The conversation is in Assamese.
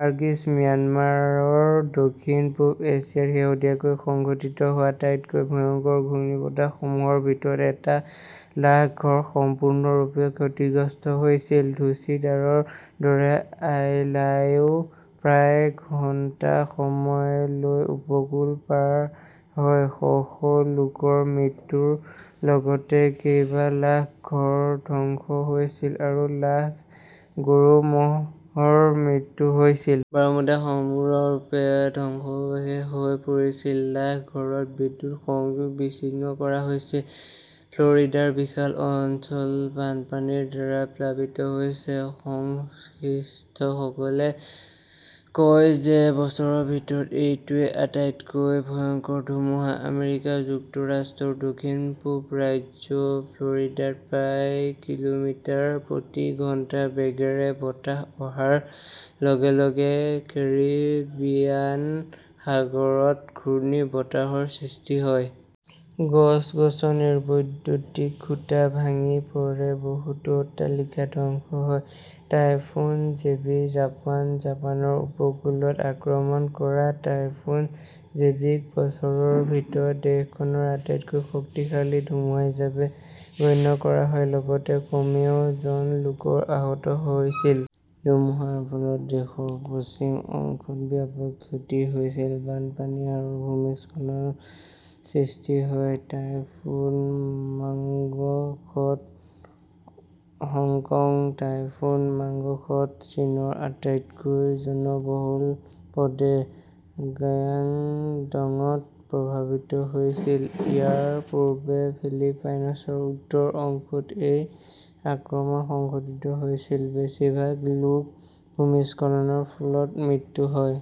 নাৰ্গিছ, ম্যানমাৰ দক্ষিণ-পূব এছিয়াত শেহতীয়াকৈ সংঘটিত হোৱা আটাইতকৈ ভয়ংকৰ ঘূৰ্ণীবতাহসমূহৰ ভিতৰত এটা। লাখ ঘৰ সম্পূৰ্ণৰূপে ক্ষতিগ্ৰস্ত হৈছিল। ধুচিডাৰৰ দৰে আইলাইও প্ৰায় ঘণ্টা সময় লৈ উপকূল পাৰ হয়। শ শ লোকৰ মৃত্যুৰ লগতে কেইবা লাখ ঘৰ ধ্বংস হৈছিল আৰু লাখ গৰু-ম'হৰ মৃত্যু হৈছিল। বাৰ্মুডা সম্পূৰ্ণৰূপে ধ্বংসাৱশেষ হৈ পৰিছিল। লাখ ঘৰত বিদ্যুৎ সংযোগ বিচ্ছিন্ন কৰা হৈছিল। ফ্ল'ৰিডাৰ বিশাল অঞ্চল বানপানীৰ দ্বাৰা প্লাবিত হৈছে। সংশ্লিষ্টসকলে কয় যে বছৰৰ ভিতৰত এইটোৱেই আটাইতকৈ ভয়ংকৰ ধুমুহা। আমেৰিকা যুক্তৰাষ্ট্ৰৰ দক্ষিণ-পূব ৰাজ্য ফ্ল'ৰিডাত প্ৰায় কিলোমিটাৰ প্ৰতি ঘণ্টা বেগেৰে বতাহ অহাৰ লগে লগে কেৰিবিয়ান সাগৰত ঘূৰ্ণীবতাহৰ সৃষ্টি হয়। গছ-গছনিৰ বৈদ্যুতিক খুঁটা ভাঙি পৰে, বহুতো অট্টালিকা ধ্বংস হয়। টাইফুন জেবি, জাপান জাপানৰ উপকূলত আক্ৰমণ কৰা টাইফুন জেবিক বছৰৰ ভিতৰত দেশখনৰ আটাইতকৈ শক্তিশালী ধুমুহা হিচাপে গণ্য কৰা হয়। লগতে কমেও জন লোক আহত হৈছিল। ধুমুহাৰ ফলত দেশৰ পশ্চিম অংশত ব্যাপক ক্ষতি হৈছিল। বানপানী আৰু ভূমিস্খলনৰ সৃষ্টি হয়। Typhoon Mangkhut, Hong Kong typhoon Mangkhut চীনৰ আটাইতকৈ জনবহুল প্ৰদেশ গুয়াংডংত প্ৰভাৱিত হৈছিল। ইয়াৰ পূৰ্বে ফিলিপাইনছৰ উত্তৰ অংশত এই আক্ৰমণ সংঘটিত হৈছিল। বেছিভাগ লোক ভূমিস্খলনৰ ফলত মৃত্যু হয়।